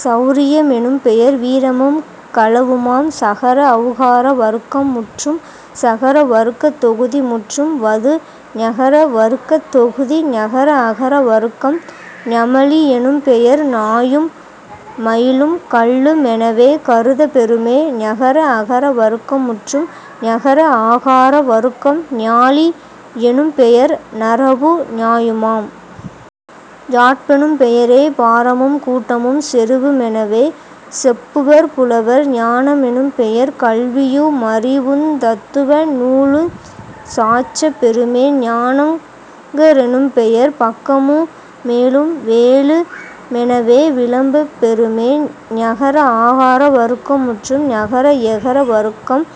செளரிய மெனும்பெயர் வீரமும் களவுமாம்.... சகர ஒளகார வருக்கம் முற்றும். சகர வருக்கத் தொகுதி முற்றும். வது ஞகர வருக்கத் தொகுதி ஞகர அகர வருக்கம் ஞமலி யெனும்பெயர் நாயும் மயிலும் கள்ளு மெனவே கருதப் பெறுமே..... ஞகர அகர வருக்கம் முற்றும். ஞகர ஆகார வருக்கம் ஞாளி யெனும்பெயர் நறவு நாயுமாம்..... ஞாட்பெனும் பெயரே பாரமும் கூட்டமும் செருவு மெனவே செப்புவர் புலவர்..... ஞான மெனும்பெயர் கல்வியு மறிவுந் தத்துவ நூலுஞ் சாற்றப் பெறுமே..... ஞாங்க ரெனும்பெயர் பக்கமு மேலும் வேலு மெனவே விளம்பப் பெறுமே..... ஞகர ஆகார வருக்கம் முற்றும். ஞகர எகர வருக்கம்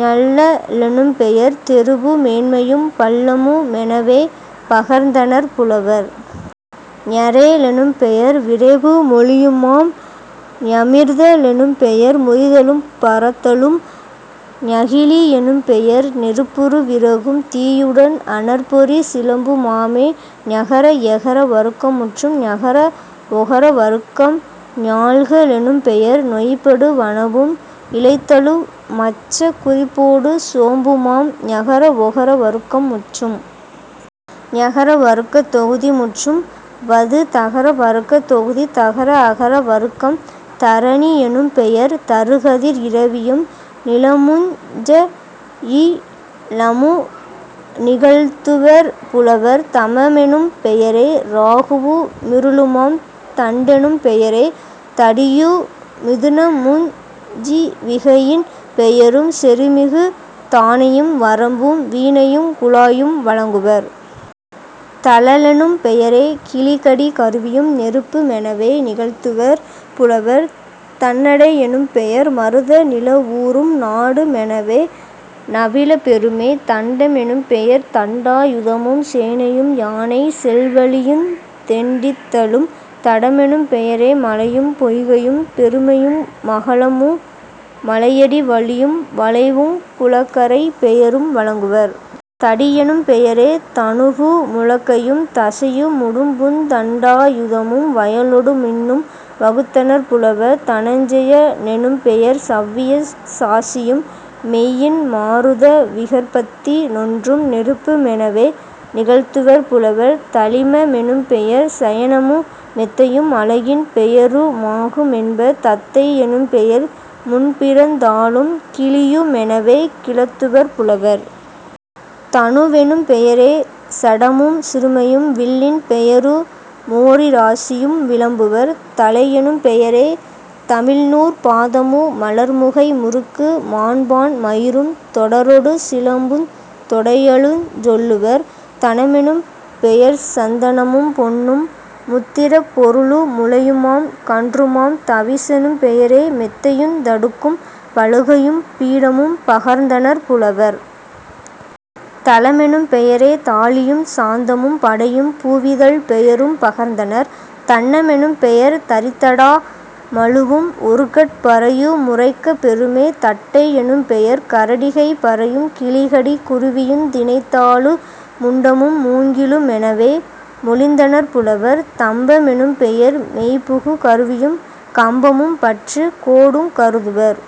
ஞெள்ள லெனும்பெயர் தெருவு மேன்மையும் பள்ளமு மெனவே பகர்ந்தனர் புலவர்..... ஞெரே லெனும்பெயர் விரைவு மொலியுமாம்..... ஞெமிர்த லெனும்பெயர் முறிதலும் பரத்தலும்..... ஞெகிழி யெனும்பெயர் நெருப்புறு விறகும் தீயுடன் அனற்பொறி சிலம்பு மாமே..... ஞகர எகர வருக்கம் முற்றும். ஞகர ஒகர வருக்கம் ஞொள்க லெனும்பெயர் நொய்படு வனவும் இளைத்தலு மச்சக் குறிப்போடு சோம்புமாம்..... ஞகர ஒகர வருக்கம் முற்றும். ஞகர வருக்கத் தொகுதி முற்றும். வது தகர வருக்கத் தொகுதி தகர அகர வருக்கம் தரணி யெனும்பெயர் தருகதிர் இரவியும் நிலமுஞ் சயிலமு நிகழ்த்துவர் புலவர்..... தமமெனும் பெயரே ராகுவு மிருளுமாம்..... தண்டெனும் பெயரே தடியு மிதுனமுஞ் சிவிகையின் பெயரும் செருமிகு தானையும் வரம்பும் வீணையுங் குழாயும் வழங்குவர்..... தழலெனும் பெயரே கிளிகடி கருவியும் நெருப்பு மெனவே நிகழ்த்துவர் புலவர்..... தண்ணடை யெனும்பெயர் மருத நிலவூரும் நாடு மெனவே நவிலப் பெறுமே..... தண்ட மெனும்பெயர் தண்டா யுதமும் சேனையும் யானை செல்வழியுந் தெண்டித்தலும்..... தடமெனும் பெயரே மலையும் பொய்கையும் பெருமையு மகலமு மலையடி வழியும் வளைவுங் குளக்கரைப் பெயரும் வழங்குவர்..... தடியெனும் பெயரே தனுவு முலக்கையும் தசையு முடும்புந் தண்டா யுதமும் வயலொடு மின்னும் வகுத்தனர் புலவர்..... தனஞ்செய னெனும்பெயர் சவ்விய சாசியும் மெய்யின் மாருத விகற்பத்தி னொன்றும் நெருப்பு மெனவே நிகழ்த்துவர் புலவர்..... தளிம மெனும்பெயர் சயனமு மெத்தையும் அழகின் பெயரு மாகு மென்ப..... தத்தை யெனும்பெயர் முன்பிறந் தாளும் கிளியு மெனவே கிளத்துவர் புலவர்..... தனுவெனும் பெயரே சடமும் சிறுமையும் வில்லின் பெயரு மோரிராசியும் விளம்புவர்..... தளையெனும் பெயரே தமிழ்நூற் பாதமு மலர்முகை முறுக்கு மாண்பான் மயிரும் தொடரொடு சிலம்புந் தொடையலுஞ் சொல்லுவர்..... தனமெனும் பெயர்சந் தனமும் பொன்னும் முத்திறப் பொருளு முலையுமான் கன்றுமாம்..... தவிசெனும் பெயரே மெத்தையுந் தடுக்கும் பலகையும் பீடமும் பகர்ந்தனர் புலவர்..... தளமெனும் பெயரே தாழியும் சாந்தமும் படையும் பூவிதழ்ப் பெயரும் பகர்ந்தனர்.....। தண்ண மெனும்பெயர் தரித்தடா மழுவும் ஒருகட் பறையு முரைக்கப் பெறுமே..... தட்டை யெனும்பெயர் கரடிகைப் பறையும் கிளிகடி குருவியுந் தினைத்தாளு முண்டமும் மூங்கிலு மெனவே மொழிந்தனர் புலவர்..... தம்ப மெனும்பெயர் மெய்புகு கருவியும் கம்பமும் பற்றுக் கோடுங் கருதுவர்.....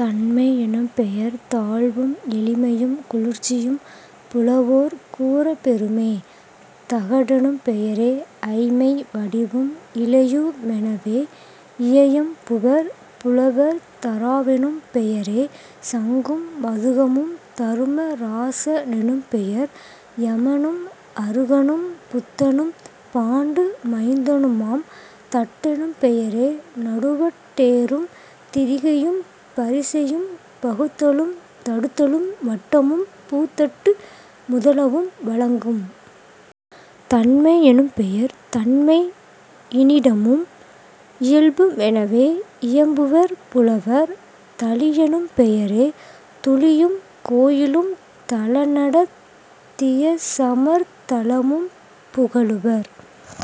தண்மை யெனும்பெயர் தாழ்வும் எளிமையும் குளிர்ச்சியும் புலவோர் கூறப்பெறுமே..... தகடெனும் பெயரே ஐமை வடிவும் இலையு மெனவே யியம்புவர் புலவர்..... தராவெனும் பெயரே சங்கும் மதுகமும்..... தரும ராச னெனும்பெயர் யமனும் அருகனும் புத்தனும் பாண்டு மைந்தனுமாம்..... தட்டெனும் பெயரே நடுவட் டேரும் திரிகையும் பரிசையும் பகுத்தலும் தடுத்தலும் வட்டமும் பூத்தட்டு முதலவும் வழங்கும்..... தன்மை யெனும்பெயர் தன்மை யினிடமும் இயல்பு மெனவே இயம்புவர் புலவர்..... தளியெனும் பெயரே துளியும் கோயிலும் தளநடத் தியசமர்த் தலமும் புகலுவர்.